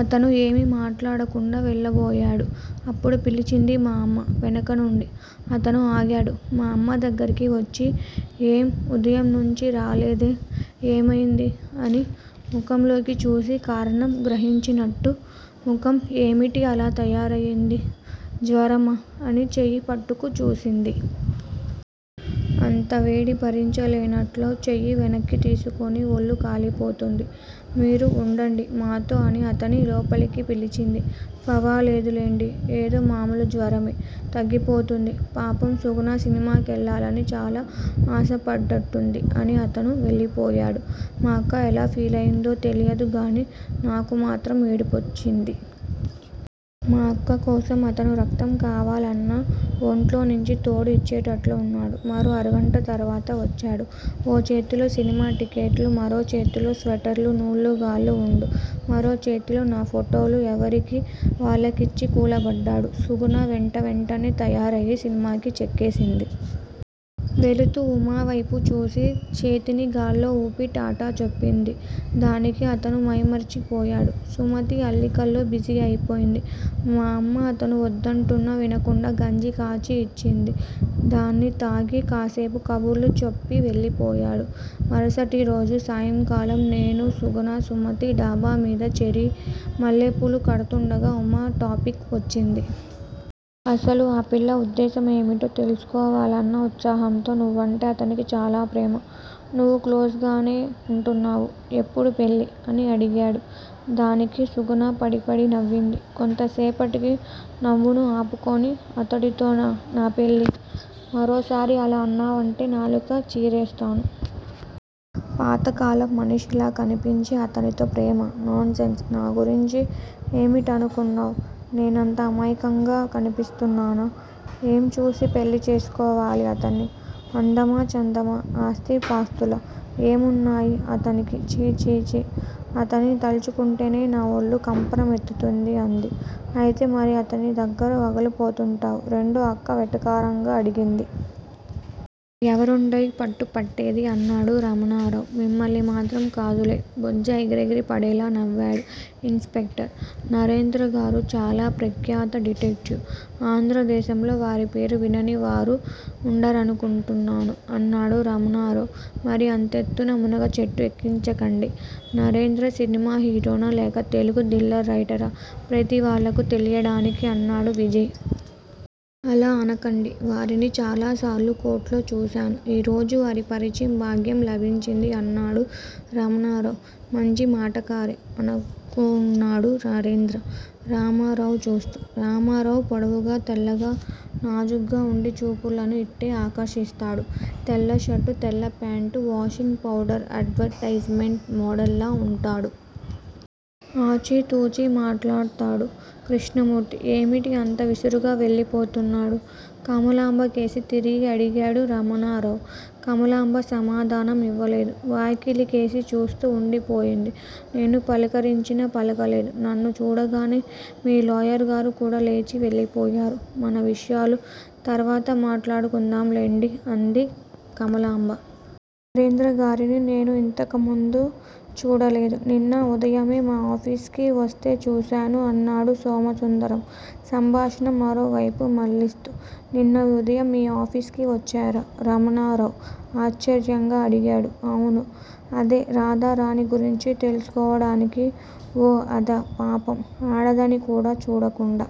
అతను ఏమీ మాట్లాడకుండా వెళ్ళబోయాడు. అప్పుడు పిలిచింది మా అమ్మ వెనుకనుండి. అతను ఆగాడు. మా అమ్మ దగ్గరికి వచ్చి ఏం ఉదయం నుంచీ రాలేదు. ఏమైంది? అని ముఖంలోకి చూసి కారణం గ్రహించినట్టు ముఖం ఏమిటి అలా తయారయింది? జ్వరమా? అని చేయి పట్టుకు చూసింది. అంత వేడి భరించలేనట్లు చేయి వెనక్కి తీసుకుని ఒళ్ళు కాలిపోతోంది. మీరు వుండండి మాతో అని అతన్ని లోపలికి పిలిచింది. ఫరవాలేదులెండి. ఏదో మామూలు జ్వరం. తగ్గిపోతుంది. పాపం సుగుణ సినిమాకెళ్ళాలని చాలా ఆశపడ్డట్టుంది అని అతను వెళ్ళిపోయాడు. మా అక్క ఎలా ఫీలయిందో తెలియదుగానీ నాకు మాత్రం ఏడుపోచ్చింది. మా అక్కకోసం అతను రక్తం కావాలన్నా ఒంట్లోంచి తోడి ఇచ్చేటట్లున్నాడు. మరో అరగంట తర్వత వచ్చాడు. ఓ చేతిలో సినిమా టిక్కెట్లు, మరో చేతిలో స్వెట్టర్ నూలు గాల్లో వుండ, మరో చేతిలో నా ఫోటోలు ఎవరివి వాళ్ళకిచ్చి కూలబడ్డాడు. సుగుణ వెంట వెంటనే తయారై సినిమాకి చెక్కేసింది. వెళుతూ ఉమా వేపు చూసి చేతిని గాల్లో వూపి టాటా చెప్పింది. దానికి అతను మైమరిచిపోయాడు. సుమతి అల్లికలో బిజీ అయిపోయింది. మా అమ్మ అతను వద్దంటున్నా వినకుండా గంజి కాచి ఇచ్చింది. దాన్ని తాగి కాసేపు కబుర్లు చెప్పి వెళ్ళిపోయాడు. మరుసటి రోజు సాయంకాలం నేనూ, సుగుణ, సుమతి డాబా మీద చేరి మల్లెపూలు కడుతుండగా ఉమా టాపిక్ వచ్చింది. అసలు ఆ పిల్ల ఉద్దేశ్యం ఏమిటో తెలుసుకోవాలన్న ఉత్సాహంతో నువ్వంటే అతనికి చాలా ప్రేమ. నువ్వూ క్లోజ్ గానే వుంటున్నావ్. ఎప్పుడు పెళ్ళి? అని అడిగాను. దానికి సుగుణ పడీ పడీ నవ్వింది. కొంతసేపటికి నవ్వును ఆపుకుని అతడితో నా పెళ్ళా? మరోసారి అలా అన్నావంటే నాలుక చీరేస్తాను. పాతకాలం మనిషిలా కనిపించే అతనితో ప్రేమా? నాన్సెన్స్. నా గురించి ఏమిటనుకున్నావ్? నేనంత అమాయకంగా కనిపిస్తున్నానా? ఏం చూసి పెళ్ళి చేసుకోవాలి అతన్ని? అందమా చందమా? ఆస్తిపాస్తులా? ఏం ఉన్నాయి అతనికి? ఛీఛీ అతన్ని తలుచుకుంటేనే నా ఒళ్ళు కంపర మెత్తుతోంది అంది. అయితే మరి అతని దగ్గర వగలు పోతుంటావే రెండో అక్క వెటకారంగా అడిగింది. ఎవర్నండోయ్ పట్టు పట్టేది? అన్నాడు రమణరావు. మిమ్మల్ని మాత్రం కాదులే బొజ్జ ఎగిరెగిరిపడేలా నవ్వాడు ఇన్ స్పెక్టర్. నరేంద్రగారు చాలా ప్రఖ్యాత డిటెక్టివ్. ఆంధ్రదేశంలో వారి పేరు వినని వారు ఉండరనుకొంటాను అన్నాడు రమణరావు. మరీ అంతెత్తున మునగచెట్టు ఎక్కించకండి. నరేంద్ర సినిమా హీరోనా లేక తెలుగు థ్రిల్లర్ రైటరా ప్రతి వాళ్ళకూ తెలియడానికి అన్నాడు విజయ్. అలా అనకండి. వారిని చాలాసార్లు కోర్టులో చూశాను. ఈరోజే వారి పరిచయ భాగ్యం లభించింది అన్నాడు రమణరావు. మంచిమాటకారే! అనుకొన్నాడు నరేంద్ర రమణరావు చూస్తూ. రమణరావు పొడవుగా, తెల్లగా, నాజూకుగా ఉండిచూపరులను ఇట్టే ఆకర్షిస్తాడు. తెల్లషర్టూ, తెల్ల ప్యాంటులో, washing powder advertisement model లా ఉంటాడు. ఆచితూచి మాట్లాడతాడు. కృష్ణమూర్తి ఏమిటి అంత విసురుగా వెళ్ళిపోతున్నాడు? కమలాంబ కేసి తిరిగి అడిగాడు రమణరావు. కమలాంబ సమాధానం ఇవ్వలేదు. వాకిలి కేసి చూస్తూ ఉండి పోయింది. నేను పలకరించినా పలకలేదు. నన్ను చూడగానే మీ లాయర్ గారు కూడా లేచి వెళ్ళిపోయారు? మన విషయాలు తర్వాత మాట్లాడుకుందాంలెండి అన్నది కమలాంబ. నరేంద్రగారిని నేను ఇంతకు ముందు చూడలేదు. నిన్న ఉదయమే మా ఆఫీసుకు వస్తే చూశాను అన్నాడు సోమసుందరం సంభాషణను మరో వైపుకు మళ్ళిస్తూ. నిన్న ఉదయం మీ ఆపీసుకు వచ్చారా? రమణరావు ఆశ్చర్యంగా అడిగాడు. అవును. అదే రాధారాణి గురించి తెలుసుకోవడానికి ఓ అదా! పాపం! ఆడదని కూడా చూడకుండా